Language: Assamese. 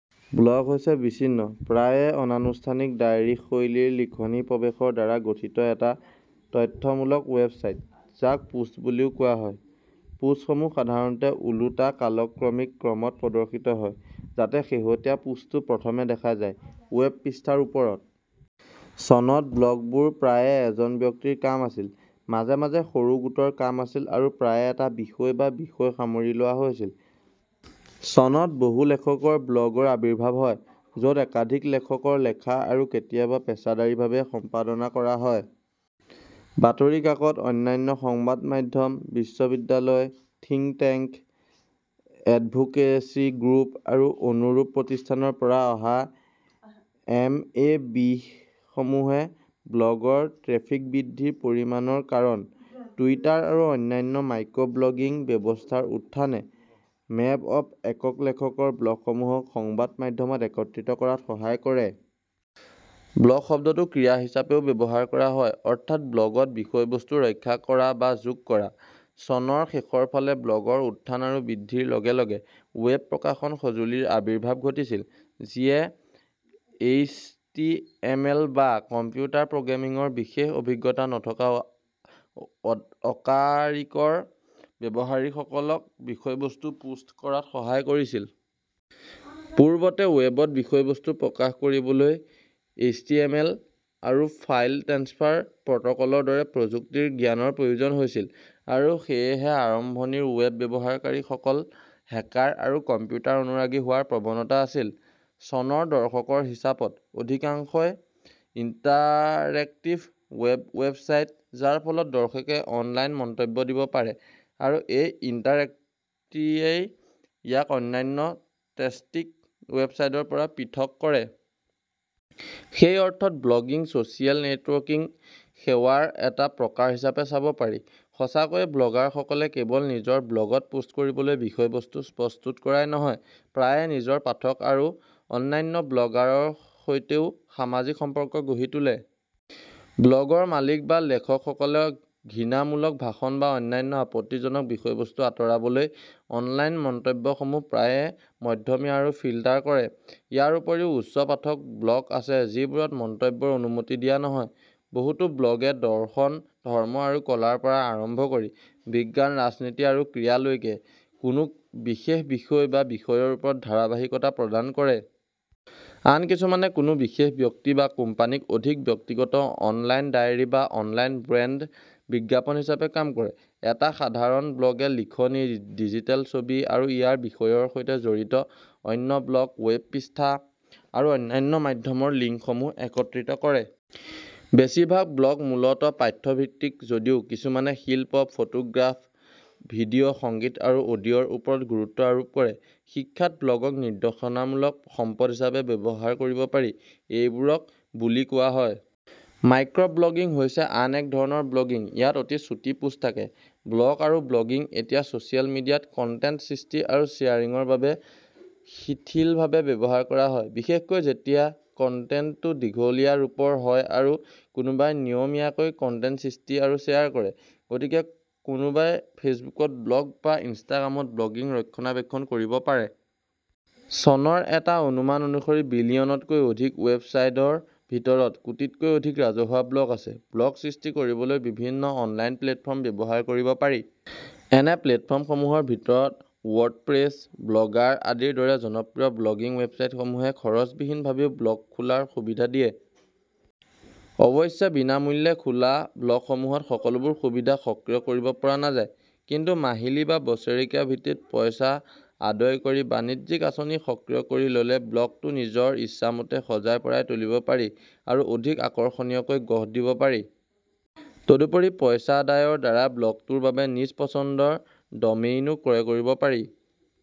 ব্লগ হৈছে বিচ্ছিন্ন, প্ৰায়ে অনানুষ্ঠানিক ডায়েৰী-শৈলীৰ লিখনী প্ৰৱেশৰ দ্বাৰা গঠিত এটা তথ্যমূলক ৱেবছাইট যাক পোষ্ট বুলিও কোৱা হয়। পোষ্টসমূহ সাধাৰণতে ওলোটা কালক্ৰমিক ক্ৰমত প্ৰদৰ্শিত হয় যাতে শেহতীয়া পোষ্টটো প্ৰথমে দেখা যায়, ৱেব পৃষ্ঠাৰ ওপৰত। চনত ব্লগবোৰ প্ৰায়ে এজন ব্যক্তিৰ কাম আছিল, মাজে মাজে সৰু গোটৰ কাম আছিল আৰু প্ৰায়ে এটা বিষয় বা বিষয় সামৰি লোৱা হৈছিল। চনত বহু-লেখকৰ ব্লগ ৰ আৱিৰ্ভাৱ হয়, য'ত একাধিক লেখকৰ লেখা আৰু কেতিয়াবা পেছাদাৰীভাৱে সম্পাদনা কৰা হয়। বাতৰি কাকত, অন্যান্য সংবাদ মাধ্যম, বিশ্ববিদ্যালয়, থিংক টেংক, এডভোকেচি গ্ৰুপ, আৰু অনুৰূপ প্ৰতিষ্ঠানৰ পৰা অহা এমএবিসমূহে ব্লগৰ ট্ৰেফিক বৃদ্ধিৰ পৰিমাণৰ কাৰণ। টুইটাৰ আৰু অন্যান্য "মাইক্ৰ'ব্লগিং" ব্যৱস্থাৰ উত্থানে মেব আৰু একক-লেখকৰ ব্লগসমূহক সংবাদ মাধ্যমত একত্ৰিত কৰাত সহায় কৰে। ব্লগ শব্দটো ক্ৰিয়া হিচাপেও ব্যৱহাৰ কৰা হয়, অৰ্থাৎ ব্লগত বিষয়বস্তু ৰক্ষা কৰা বা যোগ কৰা। চনৰ শেষৰ ফালে ব্লগৰ উত্থান আৰু বৃদ্ধিৰ লগে লগে ৱেব প্ৰকাশন সঁজুলিৰ আবিৰ্ভাৱ ঘটিছিল যিয়ে এইচটিএমএল বা কম্পিউটাৰ প্ৰগ্ৰেমিংৰ বিশেষ অভিজ্ঞতা নথকা অকাৰিকৰী ব্যৱহাৰকাৰীসকলক বিষয়বস্তু পোষ্ট কৰাত সহায় কৰিছিল। পূৰ্বতে ৱেবত বিষয়বস্তু প্ৰকাশ কৰিবলৈ এইচটিএমএল আৰু ফাইল ট্ৰেন্সফাৰ প্ৰট'কলৰ দৰে প্ৰযুক্তিৰ জ্ঞানৰ প্ৰয়োজন হৈছিল আৰু সেয়েহে আৰম্ভণিৰ ৱেব ব্যৱহাৰকাৰীসকল হেকাৰ আৰু কম্পিউটাৰ অনুৰাগী হোৱাৰ প্ৰৱণতা আছিল। চনৰ দশকৰ হিচাপত অধিকাংশই ইণ্টাৰেক্টিভ ৱেব ৱেবছাইট, যাৰ ফলত দৰ্শকে অনলাইন মন্তব্য দিব পাৰে, আৰু এই ইণ্টাৰেক্টিটিয়েই ইয়াক অন্যান্য ষ্টেটিক ৱেবছাইটৰ পৰা পৃথক কৰে। সেই অৰ্থত ব্লগিংক ছ'চিয়েল নেটৱৰ্কিং সেৱাৰ এটা প্ৰকাৰ হিচাপে চাব পাৰি। সঁচাকৈয়ে ব্লগাৰসকলে কেৱল নিজৰ ব্লগত পোষ্ট কৰিবলৈ বিষয়বস্তু প্ৰস্তুত কৰাই নহয়, প্ৰায়ে নিজৰ পাঠক আৰু অন্যান্য ব্লগাৰৰ সৈতেও সামাজিক সম্পৰ্ক গঢ়ি তোলে। ব্লগৰ মালিক বা লেখকসকলে ঘৃণামূলক ভাষণ বা অন্যান্য আপত্তিজনক বিষয়বস্তু আঁতৰাবলৈ অনলাইন মন্তব্যসমূহ প্ৰায়ে মধ্যমীয়া আৰু ফিল্টাৰ কৰে। ইয়াৰ উপৰিও উচ্চ পাঠক ব্লগ আছে যিবোৰত মন্তব্যৰ অনুমতি দিয়া নহয়। বহুতো ব্লগে দৰ্শন, ধৰ্ম আৰু কলা ৰ পৰা আৰম্ভ কৰি বিজ্ঞান, ৰাজনীতি আৰু ক্ৰীড়া লৈকে কোনো বিশেষ বিষয় বা বিষয়ৰ ওপৰত ধাৰাবাহিকতা প্ৰদান কৰে। আন কিছুমানে কোনো বিশেষ ব্যক্তি বা কোম্পানীক অধিক ব্যক্তিগত অনলাইন ডায়েৰী বা অনলাইন ব্ৰেণ্ড বিজ্ঞাপন হিচাপে কাম কৰে। এটা সাধাৰণ ব্লগে লিখনী, ডিজিটেল ছবি, আৰু ইয়াৰ বিষয়ৰ সৈতে জড়িত অন্য ব্লগ, ৱেব পৃষ্ঠা, আৰু অন্যান্য মাধ্যমৰ লিংকসমূহ একত্ৰিত কৰে। বেছিভাগ ব্লগ মূলতঃ পাঠ্যভিত্তিক যদিও কিছুমানে শিল্প, ফটোগ্ৰাফ, ভিডিঅ', সংগীত, আৰু অডিঅ' ৰ ওপৰত গুৰুত্ব আৰোপ কৰে। শিক্ষাত ব্লগক নিৰ্দেশনামূলক সম্পদ হিচাপে ব্যৱহাৰ কৰিব পাৰি; এইবোৰক বুলি কোৱা হয়। মাইক্ৰ'ব্লগিং হৈছে আন এক ধৰণৰ ব্লগিং, ইয়াত অতি চুটি পোষ্ট থাকে। ব্লগ আৰু ব্লগিং এতিয়া ছ'চিয়েল মিডিয়াত কণ্টেণ্ট সৃষ্টি আৰু শ্বেয়াৰিঙৰ বাবে শিথিলভাৱে ব্যৱহাৰ কৰা হয়, বিশেষকৈ যেতিয়া কণ্টেণ্টটো দীঘলীয়া ৰূপৰ হয় আৰু কোনোবাই নিয়মীয়াকৈ কণ্টেণ্ট সৃষ্টি আৰু শ্বেয়াৰ কৰে, গতিকে কোনোবাই ফেচবুক ত ব্লগ বা ইনষ্টাগ্ৰাম ত ব্লগিং ৰক্ষণাবেক্ষণ কৰিব পাৰে। চনৰ এটা অনুমান অনুসৰি বিলিয়নতকৈ অধিক ৱেবছাইটৰ ভিতৰত কোটিতকৈ অধিক ৰাজহুৱা ব্লগ আছে। ব্লগ সৃষ্টি কৰিবলৈ বিভিন্ন অনলাইন প্লে'টফৰ্ম ব্যৱহাৰ কৰিব পাৰি। এনে প্লে'টফৰ্মসমূহৰ ভিতৰত ৱৰ্ডপ্ৰেছ, ব্লগাৰ আদিৰ দৰে জনপ্ৰিয় ব্লগিং ৱেবচাইটসমূহে খৰচবিহীনভাৱেও ব্লগ খোলাৰ সুবিধা দিয়ে। অৱশ্যে বিনামূল্যে খোলা ব্লগসমূহত সকলোবোৰ সুবিধা সক্ৰিয় কৰিব পৰা নাযায়। কিন্তু মাহিলি বা বছৰেকীয়া ভিত্তিত পইছা আদায় কৰি বাণিজ্যিক আঁচনি সক্ৰিয় কৰি ল'লে ব্লগটো নিজৰ ইচ্ছামতে সজাই-পৰাই তুলিব পাৰি আৰু অধিক আকৰ্ষণীয়কৈ গঢ় দিব পাৰি। তদুপৰি পইছা আদায়ৰ দ্বাৰা ব্লগটোৰ বাবে নিজ পছন্দৰ ডমেইনো ক্ৰয় কৰিব পাৰি।